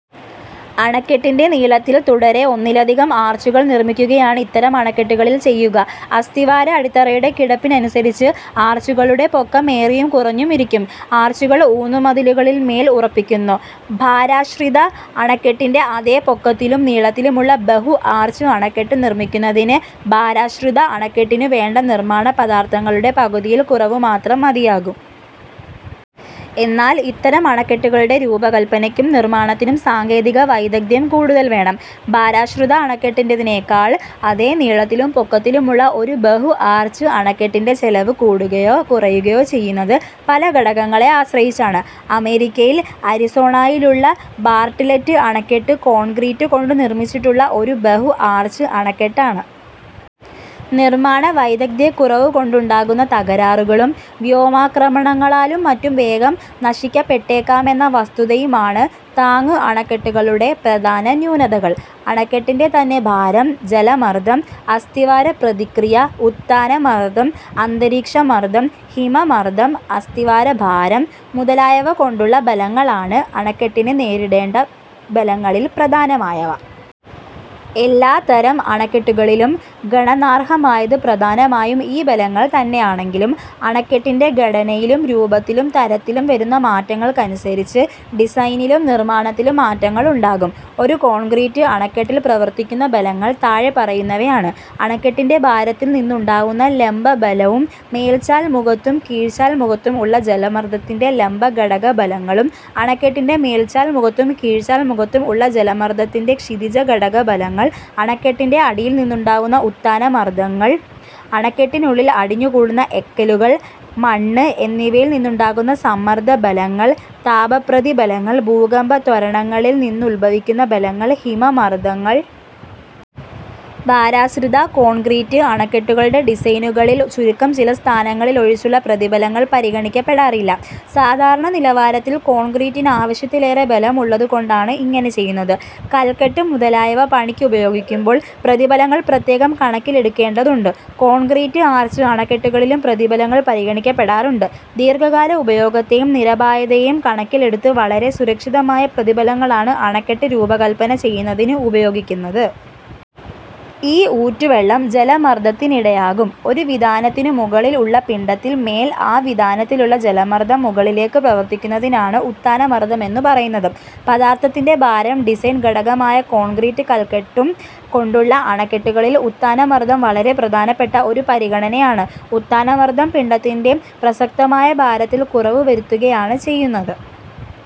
അണക്കെട്ടിന്റെ നീളത്തിൽ തുടരെ ഒന്നിലധികം ആർച്ചുകൾ നിർമ്മിക്കുകയാണ് ഇത്തരം അണക്കെട്ടുകളിൽ ചെയ്യുക. അസ്തിവാര അടിത്തറയുടെ കിടപ്പിനനുസരിച്ച് ആർച്ചുകളുടെ പൊക്കം ഏറിയും കുറഞ്ഞുമിരിക്കും. ആർച്ചുകൾ ഊന്നുമതിലുകളിൻമേൽ ഉറപ്പിക്കുന്നു. ഭാരാശ്രിത അണക്കെട്ടിന്റെ അതേ പൊക്കത്തിലും നീളത്തിലുമുള്ള ബഹു-ആർച്ച് അണക്കെട്ട് നിർമ്മിക്കുന്നതിന് ഭാരാശ്രിത അണക്കെട്ടിനു വേണ്ട നിർമ്മാണ പദാർഥങ്ങളുടെ പകുതിയിൽ കുറവുമാത്രം മതിയാകും. എന്നാൽ ഇത്തരം അണക്കെട്ടുകളുടെ രൂപകല്പനയ്ക്കും നിർമ്മാണത്തിനും സാങ്കേതിക വൈദഗ്ദ്ധ്യം കൂടുതൽ വേണം. ഭാരാശ്രിത അണക്കെട്ടിന്റേതിനെക്കാൾ, അതേ നീളത്തിലും പൊക്കത്തിലുമുള്ള ഒരു ബഹു-ആർച്ച് അണക്കെട്ടിന്റെ ചെലവ് കൂടുകയോ കുറയുകയോ ചെയ്യുന്നത് പല ഘടകങ്ങളെ ആശ്രയിച്ചാണ്. അമേരിക്കയിൽ അരിസോണായിലുള്ള ബാർട്ട്ലറ്റ് അണക്കെട്ട് കോൺക്രീറ്റ് കൊണ്ടു നിർമ്മിച്ചിട്ടുള്ള ഒരു ബഹു-ആർച്ച് അണക്കെട്ടാണ്. നിർമ്മാണ വൈദഗ്ദ്ധ്യക്കുറവു കൊണ്ടുണ്ടാകാവുന്ന തകരാറുകളും, വ്യോമാക്രമണങ്ങളാലും മറ്റും വേഗം നശിപ്പിക്കപ്പെട്ടേക്കാമെന്ന വസ്തുതയുമാണ് താങ്ങ് അണക്കെട്ടുകളുടെ പ്രധാന ന്യൂനതകൾ. അണക്കെട്ടിന്റെ തന്നെ ഭാരം, ജലമർദ്ദം, അസ്തിവാര പ്രതിക്രിയ, ഉത്ഥാന മർദ്ദം, അന്തരീക്ഷ മർദ്ദം, ഹിമ മർദ്ദം, അസ്തിവാര ഭാരം മുതലായവ കൊണ്ടുള്ള ബലങ്ങളാണ് അണക്കെട്ടിന് നേരിടേണ്ട ബലങ്ങളിൽ പ്രധാനമായവ. എല്ലാത്തരം അണക്കെട്ടുകളിലും ഗണനാർഹമായത് പ്രധാനമായും ഈ ബലങ്ങൾ തന്നെയാണെങ്കിലും അണക്കെട്ടിന്റെ ഘടനയിലും, രൂപത്തിലും, തരത്തിലും വരുന്ന മാറ്റങ്ങൾക്കനുസരിച്ച് ഡിസൈനിലും, നിർമ്മാണത്തിലും മാറ്റങ്ങളുണ്ടാകും. ഒരു കോൺക്രീറ്റ് അണക്കെട്ടിൽ പ്രവർത്തിക്കുന്ന ബലങ്ങൾ താഴെ പറയുന്നവയാണ്: അണക്കെട്ടിന്റെ ഭാരത്തിൽ നിന്നുണ്ടാവുന്ന ലംബ ബലവും, മേൽചാൽ മുഖത്തും കീഴ്ചാൽ മുഖത്തും ഉള്ള ജലമർദ്ദത്തിന്റെ ലംബ ഘടക ബലങ്ങളും; അണക്കെട്ടിന്റെ മേൽചാൽ മുഖത്തും കീഴ്ചാൽ മുഖത്തും ഉള്ള ജലമർദ്ദത്തിന്റെ ക്ഷിതിജ ഘടക ബലങ്ങൾ; അണക്കെട്ടിന്റെ അടിയിൽ നിന്നുണ്ടാവുന്ന ഉത്ഥാന മർദ്ദങ്ങൾ; അണക്കെട്ടിനുള്ളിൽ അടിഞ്ഞു കൂടുന്ന എക്കലുകൾ, മണ്ണ് എന്നിവയിൽ നിന്നുണ്ടാകുന്ന സമ്മർദ്ദ ബലങ്ങൾ; താപപ്രതി ബലങ്ങൾ; ഭൂകമ്പ ത്വരണങ്ങളിൽ നിന്നുദ്ഭവിക്കുന്ന ബലങ്ങൾ; ഹിമ മർദ്ദങ്ങൾ. ഭാരാശ്രിത കോൺക്രീറ്റ് അണക്കെട്ടുകളുടെ ഡിസൈനുകളിൽ ചുരുക്കം ചില സ്ഥാനങ്ങളിലൊഴിച്ചുള്ള പ്രതിബലങ്ങൾ പരിഗണിക്കപ്പെടാറില്ല. സാധാരണ നിലവാരത്തിൽ കോൺക്രീറ്റിന് ആവശ്യത്തിലേറെ ബലമുള്ളതു കൊണ്ടാണ് ഇങ്ങനെ ചെയ്യുന്നത്. കൽക്കെട്ട് മുതലായവ പണിക്കുപയോഗിക്കുമ്പോൾ പ്രതിബലങ്ങൾ പ്രത്യേകം കണക്കിലെടുക്കേണ്ടതുണ്ട്. കോൺക്രീറ്റ് ആർച്ച് അണക്കെട്ടുകളിലും പ്രതിബലങ്ങൾ പരിഗണിക്കപ്പെടാറുണ്ട്. ദീർഘകാല ഉപയോഗത്തെയും നിരപായതയെയും കണക്കിലെടുത്ത് വളരെ സുരക്ഷിതമായ പ്രതിബലങ്ങളാണ് അണക്കെട്ട് രൂപകല്പന ചെയ്യുന്നതിന് ഉപയോഗിക്കുന്നത്. ഈ ഊറ്റു വെള്ളം ജലമർദ്ദത്തിനിടയാക്കും. ഒരു വിതാനത്തിനു മുകളിൽ ഉള്ള പിണ്ഡത്തിൻ മേൽ ആ വിതാനത്തിലുള്ള ജലമർദ്ദം മുകളിലേക്കു പ്രവർത്തിക്കുന്നതിനാണ് ഉത്ഥാന മർദം എന്നു പറയുന്നത്. പദാർഥത്തിന്റെ ഭാരം ഡിസൈൻഘടകമായ കോൺക്രീറ്റും കൽക്കെട്ടും കൊണ്ടുള്ള അണക്കെട്ടുകളിൽ ഉത്ഥാനമർദം വളരെ പ്രധാനപ്പെട്ട ഒരു പരിഗണനയാണ്. ഉത്ഥാനമർദ്ദം പിണ്ഡത്തിന്റെ പ്രസക്തമായ ഭാരത്തിൽ കുറവു വരുത്തുകയാണ് ചെയ്യുന്നത്.